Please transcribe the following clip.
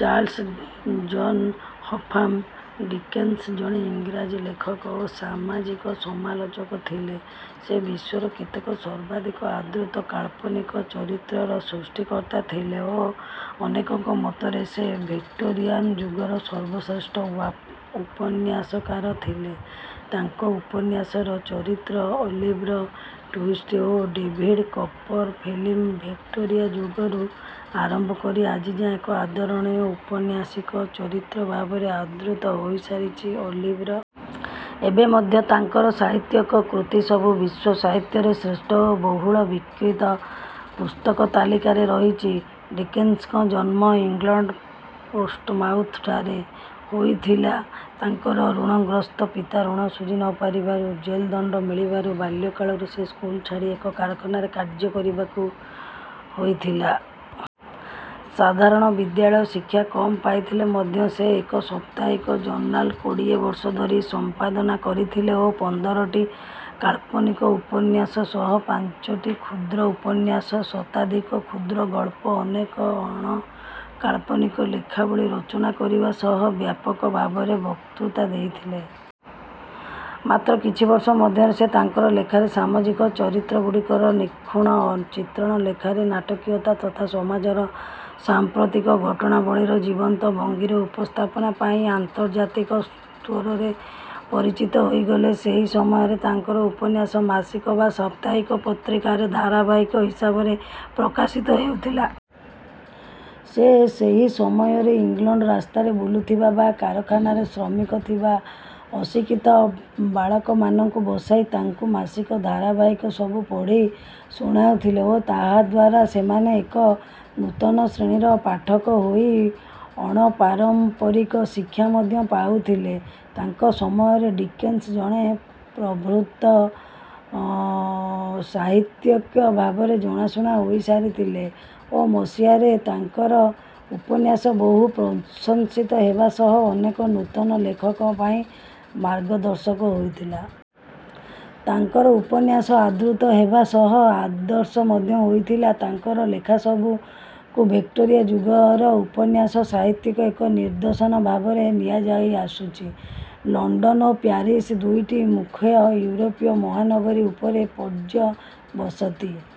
Charles John Huffam Dickens ଜଣେ ଇଂରାଜୀ ଲେଖକ ଓ ସାମାଜିକ ସମାଲୋଚକ ଥିଲେ। ସେ ବିଶ୍ୱର କେତେକ ସର୍ବାଧିକ ଆଦୃତ କାଳ୍ପନିକ ଚରିତ୍ରର ସୃଷ୍ଟିକର୍ତ୍ତା ଥିଲେ ଓ ଅନେକଙ୍କ ମତରେ ସେ ଭିକ୍ଟୋରିଆନ୍ ଯୁଗର ସର୍ବଶ୍ରେଷ୍ଠ ଉପନ୍ୟାସକାର ଥିଲେ। ତାଙ୍କ ଉପନ୍ୟାସର ଚରିତ୍ର ଅଲିଭର ଟ୍ୱିଷ୍ଟ ଓ ଡେଭିଡ୍ କପରଫିଲ୍ଡ ଭିକ୍ଟୋରିଆ ଯୁଗରୁ ଆରମ୍ଭ କରି ଆଜିଯାଏ ଏକ ଆଦରଣୀୟ ଔପନ୍ୟାସିକ ଚରିତ୍ର ଭାବରେ ଆଦୃତ ହୋଇ ଶାରୀଛି। ଅଲିଭର ଏବେ ମଧ୍ୟ ତାଙ୍କର ସାହିତ୍ୟିକ କୃତିସବୁ ବିଶ୍ୱ ସାହିତ୍ୟରେ ଶ୍ରେଷ୍ଠ ଓ ବହୁଳ ବିକ୍ରୀତ ପୁସ୍ତକ ତାଲିକାରେ ରହିଛି। ଡିକେନ୍ସଙ୍କ ଜନ୍ମ ଇଂଲଣ୍ଡ ପୋର୍ଟ୍ସମାଉଥ୍‌ଠାରେ ହୋଇଥିଲା। ତାଙ୍କର ଋଣଗ୍ରସ୍ତ ପିତା ଋଣ ଶୁଝି ନ ପାରିବାରୁ ଜେଲ୍ ଦଣ୍ଡ ମିଳିବାରୁ, ବାଲ୍ୟକାଳରୁ ସେ ସ୍କୁଲ ଛାଡ଼ି ଏକ କାରଖାନାରେ କାର୍ଯ୍ୟ କରିବାକୁ ହୋଇଥିଲା। ସାଧାରଣ ବିଦ୍ୟାଳୟ ଶିକ୍ଷା କମ୍ ପାଇଥିଲେ ମଧ୍ୟ ସେ ଏକ ସପ୍ତାହିକ ଜର୍ନାଲ୍ କୋଡ଼ିଏ ବର୍ଷ ଧରି ସମ୍ପାଦନା କରିଥିଲେ ଓ ପନ୍ଦରଟି କାଳ୍ପନିକ ଉପନ୍ୟାସ ସହ ପାଞ୍ଚଟି କ୍ଷୁଦ୍ର ଉପନ୍ୟାସ, ଶତାଧିକ କ୍ଷୁଦ୍ରଗଳ୍ପ, ଅନେକ ଅଣ-କାଳ୍ପନିକ ଲେଖାବଳୀ ରଚନା କରିବା ସହ ବ୍ୟାପକ ଭାବରେ ବକ୍ତୃତା ଦେଇଥିଲେ। ମାତ୍ର କିଛି ବର୍ଷ ମଧ୍ୟରେ ସେ ତାଙ୍କର ଲେଖାରେ ସାମାଜିକ ଚରିତ୍ରଗୁଡ଼ିକର ନିଖୁଣ ଚିତ୍ରଣ, ଲେଖାରେ ନାଟକୀୟତା ତଥା ସମାଜର ସାଂପ୍ରତିକ ଘଟଣାବଳୀର ଜୀବନ୍ତ ଭଙ୍ଗୀରେ ଉପସ୍ଥାପନା ପାଇଁ ଅନ୍ତର୍ଜାତିକ ସ୍ତରରେ ପରିଚିତ ହୋଇଗଲେ। ସେହି ସମୟରେ ତାଙ୍କର ଉପନ୍ୟାସ ମାସିକ ବା ସପ୍ତାହିକ ପତ୍ରିକାରେ ଧାରାବାହିକ ହିସାବରେ ପ୍ରକାଶିତ ହେଉଥିଲା। ସେ ସେହି ସମୟରେ ଇଂଲଣ୍ଡ ରାସ୍ତାରେ ବୁଲୁଥିବା ବା କାରଖାନାରେ ଶ୍ରମିକ ଥିବା ଅଶିକ୍ଷିତ ବାଳକମାନଙ୍କୁ ବସାଇ ତାଙ୍କୁ ମାସିକ ଧାରାବାହିକ ସବୁ ପଢ଼ି ଶୁଣାଉଥିଲେ ଓ ତାହାଦ୍ୱାରା ସେମାନେ ଏକ ନୂତନ ଶ୍ରେଣୀର ପାଠକ ହୋଇ ଅଣପାରମ୍ପରିକ ଶିକ୍ଷା ମଧ୍ୟ ପାଉଥିଲେ। ତାଙ୍କ ସମୟରେ ଡିକେନ୍ସ ଜଣେ ପ୍ରବୁଦ୍ଧ ସାହିତ୍ୟିକ ଭାବରେ ଜଣାଶୁଣା ହୋଇସାରିଥିଲେ ଓ ମସିହାରେ ତାଙ୍କର ଉପନ୍ୟାସ ବହୁ ପ୍ରଶଂସିତ ହେବା ସହ ଅନେକ ନୂତନ ଲେଖକ ପାଇଁ ମାର୍ଗଦର୍ଶକ ହୋଇଥିଲା। ତାଙ୍କର ଉପନ୍ୟାସ ଆଦୃତ ହେବା ସହ ଆଦର୍ଶ ମଧ୍ୟ ହୋଇଥିଲା। ତାଙ୍କର ଲେଖାସବୁକୁ ଭିକ୍ଟୋରିଆ ଯୁଗର ଉପନ୍ୟାସ ସାହିତ୍ୟର ଏକ ନିଦର୍ଶନ ଭାବରେ ନିଆଯାଇଆସୁଛି। ଲଣ୍ଡନ ଓ ପ୍ୟାରିସ୍ ଦୁଇଟି ମୁଖ୍ୟ ୟୁରୋପୀୟ ମହାନଗରୀ ଉପରେ ପର୍ଯ୍ୟବସତି..